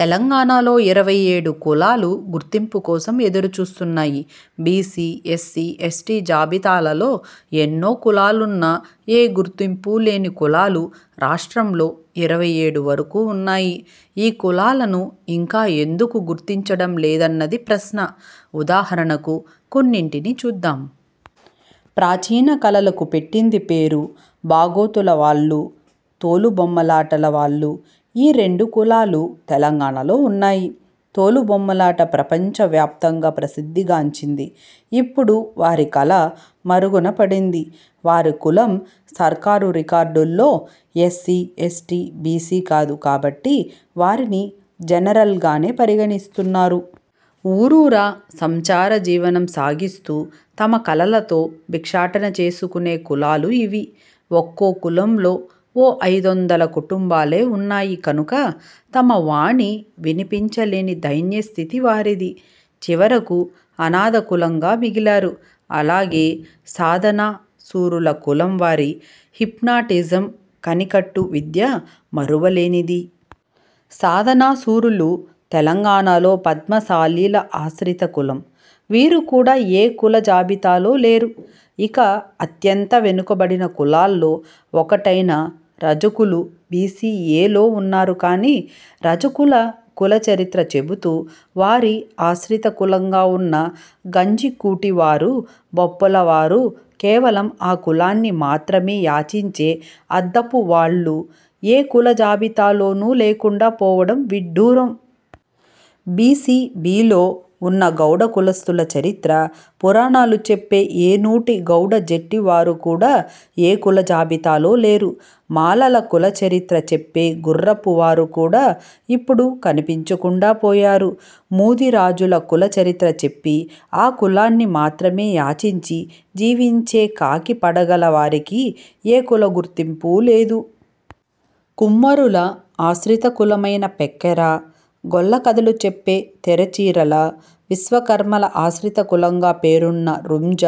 తెలంగాణలో ఇరవై ఏడు కులాలు గుర్తింపు కోసం ఎదురు చూస్తున్నాయి. బీసీ, ఎస్సీ, ఎస్టీ జాబితాలలో ఎన్నో కులాలున్నా, ఏ గుర్తింపు లేని కులాలు రాష్ట్రంలో ఇరవై ఏడు వరకు ఉన్నాయి. ఈ కులాలను ఇంకా ఎందుకు గుర్తించడం లేదన్నది ప్రశ్న. ఉదాహరణకు కొన్నింటిని చూద్దాం. ప్రాచీన కళలకు పెట్టింది పేరు బాగోతుల వాళ్లు, తోలుబొమ్మలాటల వాళ్లు. ఈ రెండు కులాలు తెలంగాణలో ఉన్నాయి. తోలు బొమ్మలాట ప్రపంచ వ్యాప్తంగా ప్రసిద్ధి గాంచింది. ఇప్పుడు వారి కళ మరుగున పడింది. వారి కులం సర్కారు రికార్డుల్లో ఎస్సీ, ఎస్టీ, బీసీ కాదు కాబట్టి వారిని జనరల్ గానే పరిగణిస్తున్నారు. ఊరూరా సంచార జీవనం సాగిస్తూ తమ కళలతో భిక్షాటన చేసుకునే కులాలు ఇవి. ఒక్కో కులంలో ఓ ఐదొందల కుటుంబాలే ఉన్నాయి కనుక తమ వాణి వినిపించ లేని దైన్య స్థితి వారిది. చివరకు అనాథ కులంగా మిగిలారు. అలాగే, సాదనా సూరుల కులం వారి హిప్నాటిజం, కనికట్టు విద్య మరువ లేనిది. సాదనా సూరులు తెలంగాణలో పద్మశాలీల ఆశ్రిత కులం. వీరు కూడా ఏ కుల జాబితాలో లేరు. ఇక అత్యంత వెనుకబడిన కులాల్లో ఒకటైన రజకులు బీసీ ఏలో ఉన్నారు కానీ, రజకుల కుల చరిత్ర చెబుతూ వారి ఆశ్రిత కులంగా ఉన్న గంజి కూటి వారు, బొప్పల వారు, కేవలం ఆ కులాన్ని మాత్రమే యాచించే అద్దపు వాళ్లు ఏ కుల జాబితా లోనూ లేకుండా పోవడం విడ్డూరం. బీసీ, బీలో ఉన్న గౌడ కులస్థుల చరిత్ర, పురాణాలు చెప్పే ఏనూటి, గౌడ జెట్టి వారు కూడా ఏ కుల జాబితాలో లేరు. మాలల కుల చరిత్ర చెప్పే గుర్రపు వారు కూడా ఇప్పుడు కనిపించకుండా పోయారు. ముది రాజుల కుల చరిత్ర చెప్పి ఆ కులాన్ని మాత్రమే యాచించి జీవించే కాకి పడగల వారికీ ఏ కుల గుర్తింపు లేదు. కుమ్మరుల ఆశ్రిత కులమైన పెక్కర, గొల్ల కథలు చెప్పే తెర చీరల, విశ్వకర్మల ఆశ్రిత కులంగా పేరున్న రుంజ,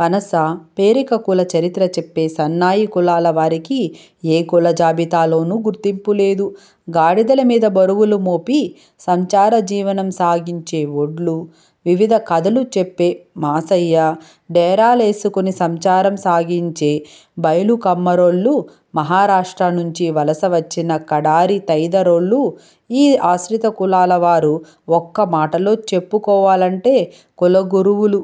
పనస, పెరిక కుల చరిత్ర చెప్పే సన్నాయి కులాల వారికి ఏ కుల జాబితా లోనూ గుర్తింపు లేదు. గాడిదల మీద బరువులు మోపి సంచార జీవనం సాగించే ఓడ్లు, వివిధ కథలు చెప్పే మాసయ్య, డేరా లేసుకుని సంచారం సాగించే బైలు కమ్మరోల్లు, మహారాష్ట్ర నుంచి వలస వచ్చిన కడారి తైదరోళ్లు, ఈ ఆశ్రిత కులాల వారు ఒక్క మాటలో చెప్పు కోవాలంటే కుల గురువులు.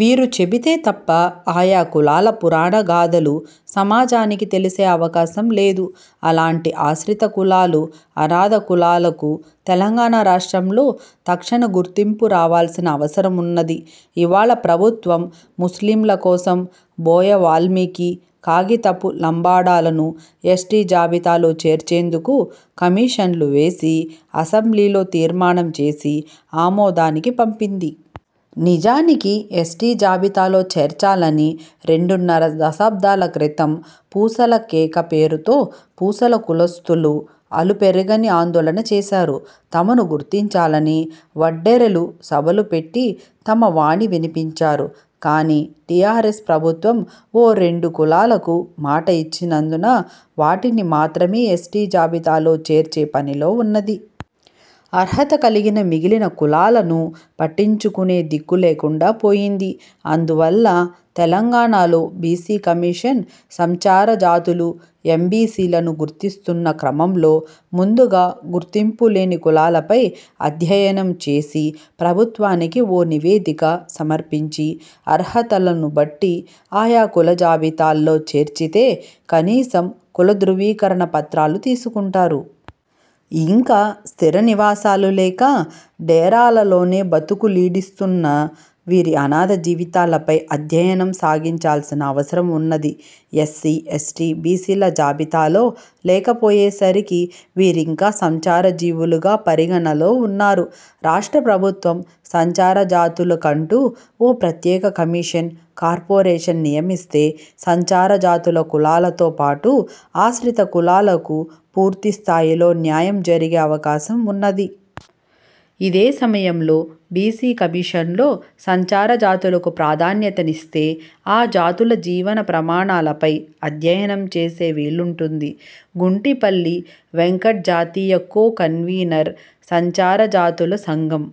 వీరు చెబితే తప్ప ఆయా కులాల పురాణ గాథలు సమాజానికి తెలిసే అవకాశం లేదు. అలాంటి ఆశ్రిత కులాలు, అనాథ కులాలకు తెలంగాణ రాష్ట్రంలో తక్షణ గుర్తింపు రావాల్సిన అవసరమున్నది. ఇవాళ ప్రభుత్వం ముస్లింల కోసం, బోయ వాల్మీకి, కాగితపు లంబాడలను ఎస్టీ జాబితాలో చేర్చేందుకు కమిషన్లు వేసి, అసెంబ్లీలో తీర్మానం చేసి ఆమోదానికి పంపింది. నిజానికి ఎస్టీ జాబితాలో చేర్చాలని రెండున్నర దశాబ్దాల క్రితం పూసల కేక పేరుతో పూసల కులస్థులు అలుపెరగని ఆందోళన చేశారు. తమనూ గుర్తించాలని వడ్డెరలు సభలు పెట్టి తమ వాణి వినిపించారు. కానీ టీఆర్ఎస్ ప్రభుత్వం ఓ రెండు కులాలకు మాట ఇచ్చినందున వాటిని మాత్రమే ఎస్టీ జాబితాలో చేర్చే పనిలో ఉన్నది. అర్హత కలిగిన మిగిలిన కులాలను పట్టించుకునే దిక్కు లేకుండా పోయింది. అందువల్ల, తెలంగాణ లో బీసీ కమిషన్ సంచార జాతులు, ఎంబీసీలను గుర్తిస్తున్న క్రమంలో ముందుగా గుర్తింపు లేని కులాలపై అధ్యయనం చేసి ప్రభుత్వానికి ఓ నివేదిక సమర్పించి, అర్హతలను బట్టి ఆయా కుల జాబితాల్లో చేర్చితే, కనీసం కుల ధ్రువీకరణ పత్రాలు తీసుకుంటారు. ఇంకా స్థిర నివసాలు లేక, డేరాలలోనే బతుకు లీడిస్తున్న వీరి అనాథ జీవితాలపై అధ్యయనం సాగించాల్సిన అవసరం ఉన్నది. ఎస్సీ, ఎస్టీ, బీసీల జాబితాలో లేకపోయే సరికి వీరింకా సంచార జీవులుగా పరిగణనలో ఉన్నారు. రాష్ట్ర ప్రభుత్వం సంచార జాతుల కంటూ ఓ ప్రత్యేక కమిషన్, కార్పొరేషన్ నియమిస్తే సంచార జాతుల కులాలతో పాటు ఆశ్రిత కులాలకు పూర్తి స్థాయిలో న్యాయం జరిగే అవకాశం ఉన్నది. ఇదే సమయంలో బీసీ కమిషన్లో సంచార జాతులకు ప్రాధాన్యతనిస్తే ఆ జాతుల జీవన ప్రమాణాలపై అధ్యయనం చేసే వీలుంటుంది. గుంటిపల్లి వెంకట్జాతీయ కో కన్వీనర్, సంచార జాతుల సంఘం